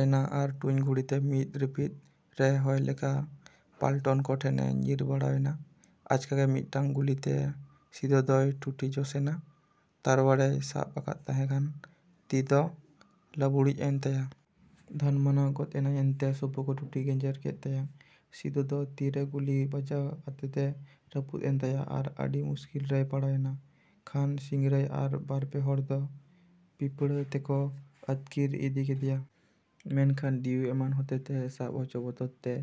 ᱮᱱᱟ ᱟᱨ ᱴᱩᱧ ᱜᱷᱩᱲᱤᱛᱮ ᱢᱤᱫ ᱨᱤᱯᱤᱫ ᱨᱮ ᱦᱚᱭ ᱞᱮᱠᱟ ᱯᱟᱞᱴᱚᱱ ᱠᱚ ᱴᱷᱮᱱ ᱮ ᱧᱤᱨ ᱵᱤᱨᱟᱹᱣᱮᱱᱟ᱾ ᱟᱪᱠᱟ ᱜᱮ ᱢᱤᱫᱴᱟᱝ ᱜᱩᱞᱤᱛᱮ ᱥᱤᱫᱚ ᱫᱚᱭ ᱴᱩᱴᱤ ᱡᱚᱥ ᱮᱱᱟ᱾ ᱛᱟᱨᱣᱟᱲᱮᱭ ᱥᱟᱵ ᱟᱠᱟᱫ ᱛᱟᱦᱮᱸ ᱠᱟᱱ ᱛᱤ ᱫᱚ ᱞᱟᱹᱵᱽᱲᱩᱡ ᱮᱱ ᱛᱟᱭᱟ᱾ ᱫᱷᱟᱱ ᱢᱟᱱᱟᱶ ᱜᱚᱫ ᱮᱱᱟᱭ ᱮᱱᱛᱮ ᱥᱳᱯᱳ ᱠᱚ ᱴᱩᱴᱤ ᱜᱮᱡᱮᱨ ᱠᱮᱫ ᱛᱟᱭᱟ᱾ ᱥᱤᱫᱚ ᱫᱚ ᱛᱤᱨᱮ ᱜᱩᱞᱤ ᱵᱟᱡᱟᱣ ᱟᱫᱮᱛᱮ ᱨᱟᱹᱯᱩᱫ ᱮᱱ ᱛᱟᱭᱟ ᱟᱨ ᱟᱹᱰᱤ ᱢᱩᱥᱠᱤᱞ ᱨᱮᱭ ᱯᱟᱲᱟᱣ ᱮᱱᱟ᱾ ᱠᱷᱟᱱ ᱥᱤᱝᱨᱟᱹᱭ ᱟᱨ ᱵᱟᱨ ᱯᱮ ᱦᱚᱲ ᱫᱚ ᱯᱤᱯᱲᱟᱹ ᱛᱮᱠᱚ ᱟᱹᱛᱠᱤᱨ ᱤᱫᱤ ᱠᱮᱫᱮᱭᱟ᱾ ᱢᱮᱱᱠᱷᱟᱱ ᱫᱤᱩ ᱮᱢᱟᱱ ᱦᱚᱛᱮᱛᱮ ᱥᱟᱵ ᱚᱪᱚᱜ ᱵᱚᱛᱚᱨ ᱛᱮ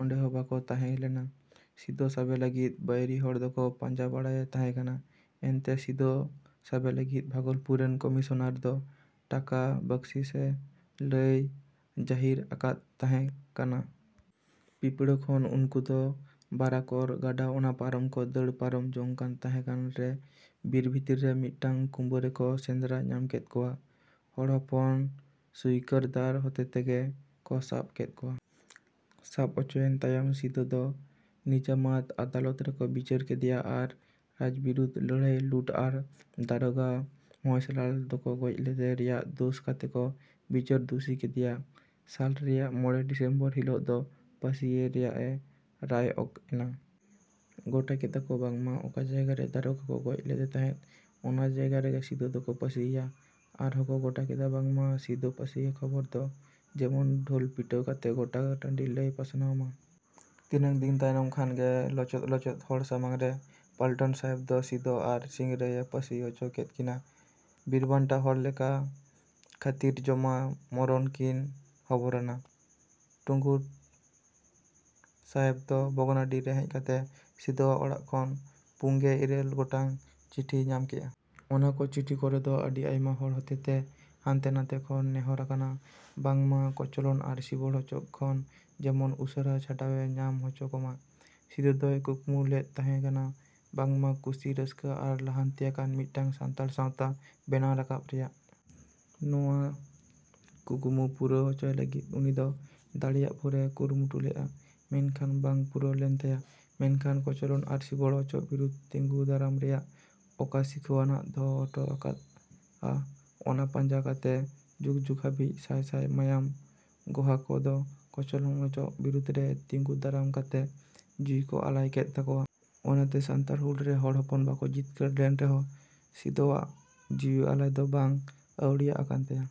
ᱚᱸᱰᱮ ᱦᱚᱸ ᱵᱟᱠᱚ ᱛᱟᱦᱮᱸ ᱞᱮᱱᱟ᱾ ᱥᱤᱫᱚ ᱥᱟᱵᱮ ᱞᱟᱹᱜᱤᱫ ᱵᱟᱹᱭᱨᱤ ᱦᱚᱲ ᱫᱚᱠᱚ ᱯᱟᱸᱡᱟ ᱵᱟᱲᱟᱭᱮ ᱛᱟᱦᱮᱸ ᱠᱟᱱᱟ᱾ ᱮᱱᱛᱮ ᱥᱤᱫᱚ ᱥᱟᱵᱮ ᱞᱟᱹᱜᱤᱫ ᱵᱷᱟᱜᱚᱞᱯᱩᱨ ᱨᱮᱱ ᱠᱚᱢᱤᱥᱚᱱᱟᱨ ᱫᱚ ᱴᱟᱠᱟ ᱵᱟᱹᱠᱥᱤᱥ ᱮ ᱞᱟᱹᱭ ᱡᱟᱹᱦᱤᱨ ᱟᱠᱟᱫ ᱛᱟᱦᱮᱸ ᱠᱟᱱᱟ᱾ ᱯᱤᱯᱲᱟᱹ ᱠᱷᱚᱱ ᱩᱱᱠᱩ ᱫᱚ ᱵᱟᱨᱟᱠᱚᱨ ᱜᱟᱰᱟ ᱚᱱᱟ ᱯᱟᱨᱚᱢ ᱠᱚ ᱫᱟᱹᱲ ᱯᱟᱨᱚᱢ ᱡᱚᱝ ᱠᱟᱱ ᱛᱟᱦᱮᱸ ᱠᱟᱱ ᱨᱮ ᱵᱤᱨ ᱵᱷᱤᱛᱨᱤ ᱨᱮ ᱢᱤᱫᱴᱟᱝ ᱠᱩᱸᱵᱟᱹ ᱨᱮᱠᱚ ᱥᱮᱸᱫᱽᱨᱟ ᱧᱟᱢ ᱠᱮᱫ ᱠᱚᱣᱟ᱾ ᱦᱚᱲ ᱦᱚᱯᱚᱱ ᱥᱩᱭᱠᱟᱹᱨᱫᱟᱨ ᱦᱚᱛᱮ ᱛᱮᱜᱮ ᱠᱚ ᱥᱟᱵ ᱠᱮᱫ ᱠᱚᱣᱟ᱾ ᱥᱟᱵ ᱚᱪᱚᱭᱮᱱ ᱛᱟᱭᱚᱢ ᱥᱤᱫᱚ ᱫᱚ ᱱᱤᱡᱟᱢᱟᱛ ᱟᱫᱟᱞᱚᱛ ᱨᱮᱠᱚ ᱵᱤᱪᱟᱹᱨ ᱠᱮᱫᱮᱭᱟ ᱟᱨ ᱨᱟᱡᱽ ᱵᱤᱨᱩᱫᱽ ᱞᱟᱹᱲᱦᱟᱹᱭ ᱞᱩᱴ ᱟᱨ ᱫᱟᱨᱚᱜᱟ ᱢᱚᱦᱮᱥᱞᱟᱞ ᱫᱚᱠᱚ ᱜᱚᱡ ᱞᱮᱫᱮ ᱨᱮᱭᱟᱜ ᱫᱳᱥ ᱠᱟᱛᱮ ᱠᱚ ᱵᱤᱪᱟᱹᱨ ᱫᱩᱥᱤ ᱠᱮᱫᱮᱭᱟ᱾ ᱥᱟᱞ ᱨᱮᱭᱟᱜ ᱢᱚᱲᱮ ᱰᱤᱥᱮᱢᱵᱚᱨ ᱦᱤᱞᱚᱜ ᱫᱚ ᱯᱟᱹᱥᱤ ᱮ ᱨᱮᱭᱟᱜ ᱨᱟᱭ ᱚᱠ ᱮᱱᱟ᱾ ᱜᱚᱴᱟ ᱠᱮᱫ-ᱟ ᱠᱚ ᱵᱟᱝᱢᱟ ᱚᱠᱟ ᱡᱟᱭᱜᱟ ᱨᱮ ᱫᱟᱨᱚᱜᱟ ᱠᱚ ᱜᱚᱡ ᱞᱮᱫᱮ ᱛᱟᱦᱮᱸᱫ ᱚᱱᱟ ᱡᱟᱭᱜᱟ ᱨᱮᱜᱮ ᱥᱤᱫᱚ ᱫᱚᱠᱚ ᱯᱟᱹᱥᱤ ᱮᱭᱟ᱾ ᱟᱨ ᱦᱚᱸᱠᱚ ᱜᱚᱴᱟ ᱠᱮᱫ-ᱟ ᱵᱟᱝᱢᱟ ᱥᱤᱫᱚ ᱯᱟᱹᱥᱤᱭᱮ ᱠᱷᱚᱵᱚᱨ ᱫᱚ ᱡᱮᱢᱚᱱ ᱰᱷᱳᱞ ᱯᱤᱴᱟᱹᱣ ᱠᱟᱛᱮ ᱜᱚᱴᱟ ᱴᱟ:ᱰᱤ ᱞᱟᱹᱭ ᱯᱟᱥᱱᱟᱣ ᱢᱟ᱾ ᱛᱤᱱᱟᱹᱝ ᱫᱤᱱ ᱛᱟᱭᱚᱢ ᱠᱷᱟᱱ ᱜᱮ ᱞᱚᱪᱚᱫ ᱞᱚᱪᱚᱫ ᱦᱚᱲ ᱥᱟᱢᱟᱝ ᱨᱮ ᱯᱟᱹᱞᱴᱤᱱ ᱥᱟᱦᱮᱵᱽ ᱫᱚ ᱥᱤᱫᱚ ᱟᱨ ᱥᱤᱝᱨᱟᱹᱭ ᱮ ᱯᱟᱹᱥᱤ ᱚᱪᱚ ᱠᱮᱫ ᱠᱤᱱᱟ ᱵᱤᱨᱵᱽᱟᱱᱴᱟ ᱦᱚᱲ ᱞᱮᱠᱟ ᱠᱷᱟᱹᱛᱤᱨᱡᱚᱢᱟ ᱢᱚᱨᱚᱱ ᱠᱤᱱ ᱦᱚᱵᱚᱨᱟᱱᱟ᱾ ᱴᱩᱜᱩᱰ ᱥᱟᱦᱮᱵᱽ ᱫᱚ ᱵᱷᱚᱜᱽᱱᱟᱰᱤ ᱨᱮ ᱦᱮᱡ ᱠᱟᱛᱮ ᱥᱤᱫᱚᱣᱟᱜ ᱚᱲᱟᱜ ᱠᱷᱚᱱ ᱯᱩᱝᱜᱮ ᱤᱨᱟᱹᱞ ᱜᱚᱴᱟᱝ ᱪᱤᱴᱷᱤᱭ ᱧᱟᱢ ᱠᱮᱫ-ᱟ᱾ ᱚᱱᱟ ᱠᱚ ᱪᱤᱴᱷᱤ ᱠᱚᱨᱮ ᱫᱚ ᱟᱹᱰᱤ ᱟᱭᱢᱟ ᱦᱚᱲ ᱦᱚᱛᱮᱛᱮ ᱦᱟᱱᱛᱮ ᱱᱷᱟᱛᱮ ᱠᱷᱚᱱ ᱱᱮᱦᱚᱸᱨ ᱟᱠᱟᱱᱟ ᱵᱟᱝ ᱢᱟ ᱠᱚᱪᱞᱚᱱ ᱟᱨ ᱥᱤᱵᱚᱲ ᱚᱪᱚᱜ ᱠᱷᱚᱱ ᱡᱮᱢᱚᱱ ᱩᱥᱟᱹᱨᱟ ᱪᱷᱟᱰᱟᱣᱮ ᱧᱟᱢ ᱚᱪᱚ ᱠᱚ ᱢᱟ᱾ ᱥᱤᱫᱚ ᱫᱚᱭ ᱠᱩᱠᱢᱩ ᱞᱮᱫ ᱛᱟᱦᱮᱸ ᱠᱟᱱᱟ ᱵᱟᱝ ᱢᱟ ᱠᱩᱥᱤ ᱨᱟᱹᱥᱠᱟᱹ ᱟᱨ ᱞᱟᱦᱟᱱᱛᱤ ᱟᱠᱟᱱ ᱢᱤᱫᱴᱟᱝ ᱥᱟᱱᱛᱟᱲ ᱥᱟᱶᱛᱟ ᱵᱮᱱᱟᱣ ᱨᱟᱠᱟᱵ ᱨᱮᱭᱟᱜ᱾ ᱱᱚᱶᱟ ᱠᱩᱠᱢᱩ ᱯᱩᱨᱟᱹᱣ ᱚᱪᱚᱭ ᱞᱟᱹᱜᱤᱫ ᱩᱱᱤ ᱫᱚ ᱫᱟᱲᱮᱭᱟᱜ ᱵᱷᱳᱨ ᱮ ᱠᱩᱨᱩᱢᱩᱴᱩ ᱞᱮᱫ-ᱟ᱾ ᱢᱮᱱᱠᱷᱟᱱ ᱵᱟᱝ ᱯᱩᱨᱟᱹᱣ ᱞᱮᱱ ᱛᱟᱭᱟ ᱾ᱢᱮᱱᱠᱷᱟᱱ ᱠᱚᱪᱚᱞᱚᱱ ᱟᱨ ᱥᱤᱵᱚᱲ ᱚᱪᱚᱜ ᱵᱤᱨᱩᱫᱽᱨᱮ ᱛᱤᱸᱜᱩ ᱫᱟᱨᱟᱢ ᱨᱮᱭᱟᱜ ᱚᱠᱟ ᱥᱤᱠᱷᱟᱹᱣᱱᱟᱜ ᱫᱚᱦᱚ ᱚᱴᱚ ᱟᱠᱟᱫ-ᱟ ᱚᱱᱟ ᱯᱟᱸᱡᱟ ᱠᱟᱛᱮ ᱡᱩᱜᱽ ᱡᱩᱜᱽ ᱦᱟᱹᱵᱤᱡ ᱥᱟᱹᱭ ᱥᱟᱹᱭ ᱢᱟᱭᱟᱢ ᱜᱚᱦᱟᱠᱚ ᱫᱚ ᱠᱚᱪᱞᱚᱱ ᱚᱪᱚᱜ ᱵᱤᱨᱩᱫᱽ ᱨᱮ ᱛᱤᱸᱜᱩ ᱫᱟᱨᱟᱢ ᱠᱟᱛᱮ ᱡᱤᱣᱤ ᱠᱚ ᱟᱞᱟᱭ ᱠᱮᱫ ᱛᱟᱠᱚᱣᱟ᱾ ᱚᱱᱟᱛᱮ ᱥᱟᱱᱛᱟᱲ ᱦᱩᱞ ᱨᱮ ᱦᱚᱲ ᱦᱚᱯᱚᱱ ᱵᱟᱠᱚ ᱡᱤᱛᱠᱟᱹᱨ ᱞᱮᱱ ᱨᱮᱦᱚᱸ ᱥᱤᱫᱚᱣᱟᱜ ᱡᱤᱣᱤ ᱟᱞᱟᱭ ᱫᱚ ᱵᱟᱝ ᱟᱹᱣᱲᱤᱭᱟᱜ ᱟᱠᱟᱱ ᱛᱟᱭᱟ᱾।